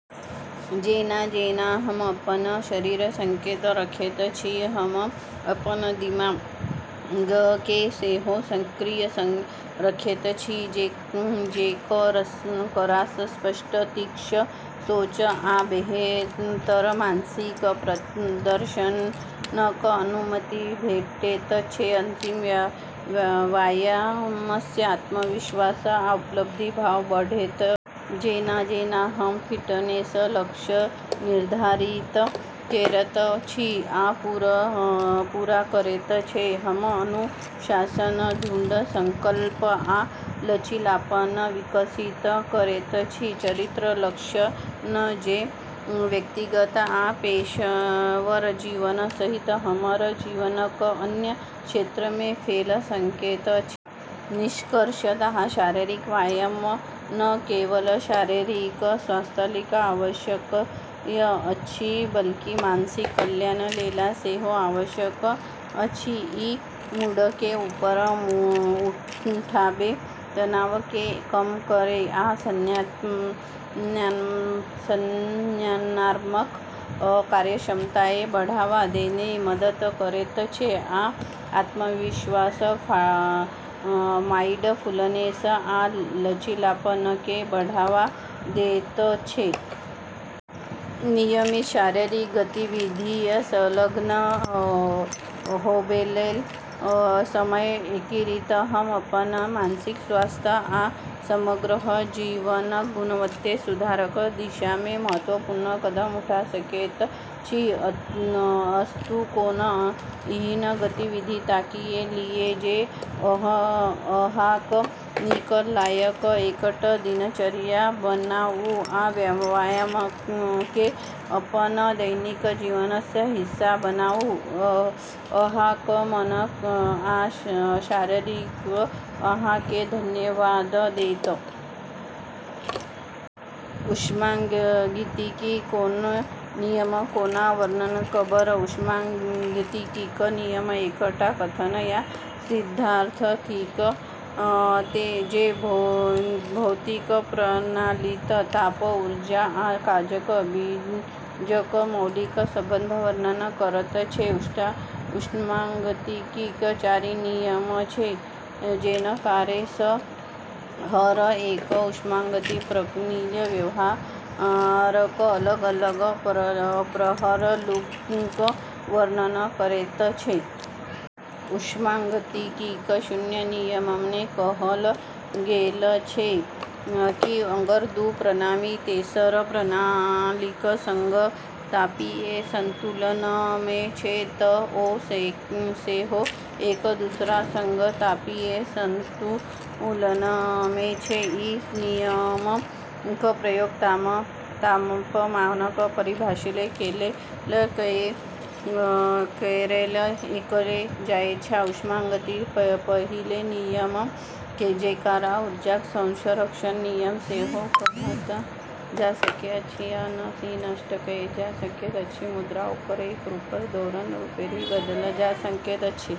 जेना-जेना हम अपन शरीरकेँ सक्रिय रखैत छी, हम अपन दिमागकेँ सेहो सक्रिय रखैत छी, जेकरासँ स्पष्ट, तीक्ष्ण सोच आ बेहतर मानसिक प्रदर्शनक अनुमति भेटैत छै। अंतमे व्यायामसँ आत्मविश्वास आ उपलब्धिक भाव बढ़ैत अछि। जेना-जेना हम फिटनेस लक्ष्य निर्धारित करैत छी आ पूरा करैत छी, हम अनुशासन, दृढ़ संकल्प आ लचीलापन विकसित करैत छी-चरित्र लक्षण जे व्यक्तिगत आ पेशेवर जीवन सहित हमर जीवनक अन्य क्षेत्रमे फैल सकैत अछि। निष्कर्षतः शारीरिक व्यायाम न केवल शारीरिक स्वास्थ्यलेल आवश्यक अछि, बल्कि मानसिक कल्याणलेल सेहो आवश्यक अछि। ई मूडकेँ ऊपर उठाबै, तनावकेँ कम करै, आ संज्ञानात्मक कार्यक्षमताकेँ बढ़ावा देबैमे मदद करैत छै, आ आत्मविश्वास, माइंडफुलनेस आ लचीलापनकेँ बढ़ावा दैत छै। नियमित शारीरिक गतिविधिमे संलग्न होबैलेल समय उकेरि कऽ हम अपन मानसिक स्वास्थ्य आ समग्र जीवनक गुणवत्तामे सुधारक दिशामे महत्वपूर्ण कदम उठा सकैत छी। अस्तु, कोनो एहन गतिविधि ताकि लिअ जे अहाँकेँ नीक लागय, एकटा दिनचर्या बनाउ, आ व्यायामकेँ अपन दैनिक जीवनक हिस्सा बनाउ - अहाँक मन आ शरीर अहाँकेँ धन्यवाद देत! ऊष्मागतिकीक कोनो नियमक कोना वर्णन करब? ऊष्मागतिकीक नियम एकटा कथन या सिद्धांत थिक जे भौतिक प्रणालीमे ताप, ऊर्जा आ काजक बीचक मौलिक संबंधक वर्णन करैत छै। ऊष्मागतिकीक चारि नियम छै, जेकरामे सँ हर एक ऊष्मागतिकी प्रणालीक व्यवहारक अलग-अलग पहलूक वर्णन करैत छै। ऊष्मागतिकीक शून्य नियममे कहल गेल छै कि अगर दू प्रणाली तेसर प्रणालीक संग तापीय संतुलनमे छै तँ ओ सेहो एक-दूसराक संग तापीय संतुलनमे छै। ई नियमक प्रयोग तापमानकेँ परिभाषित करैलेल कएल जाइछ। ऊष्मागतिकीक पहिल नियम, जेकरा ऊर्जाक संरक्षणक नियम सेहो कहल जाइछ, कहैत छै कि ऊर्जाकेँ न तँ निर्माण कएल जा सकैत अछि आ न ही नष्ट कएल जा सकैत अछि, मुदा ओकरा एक रूपसँ दोसर रूपमे बदलल जा सकैत अछि।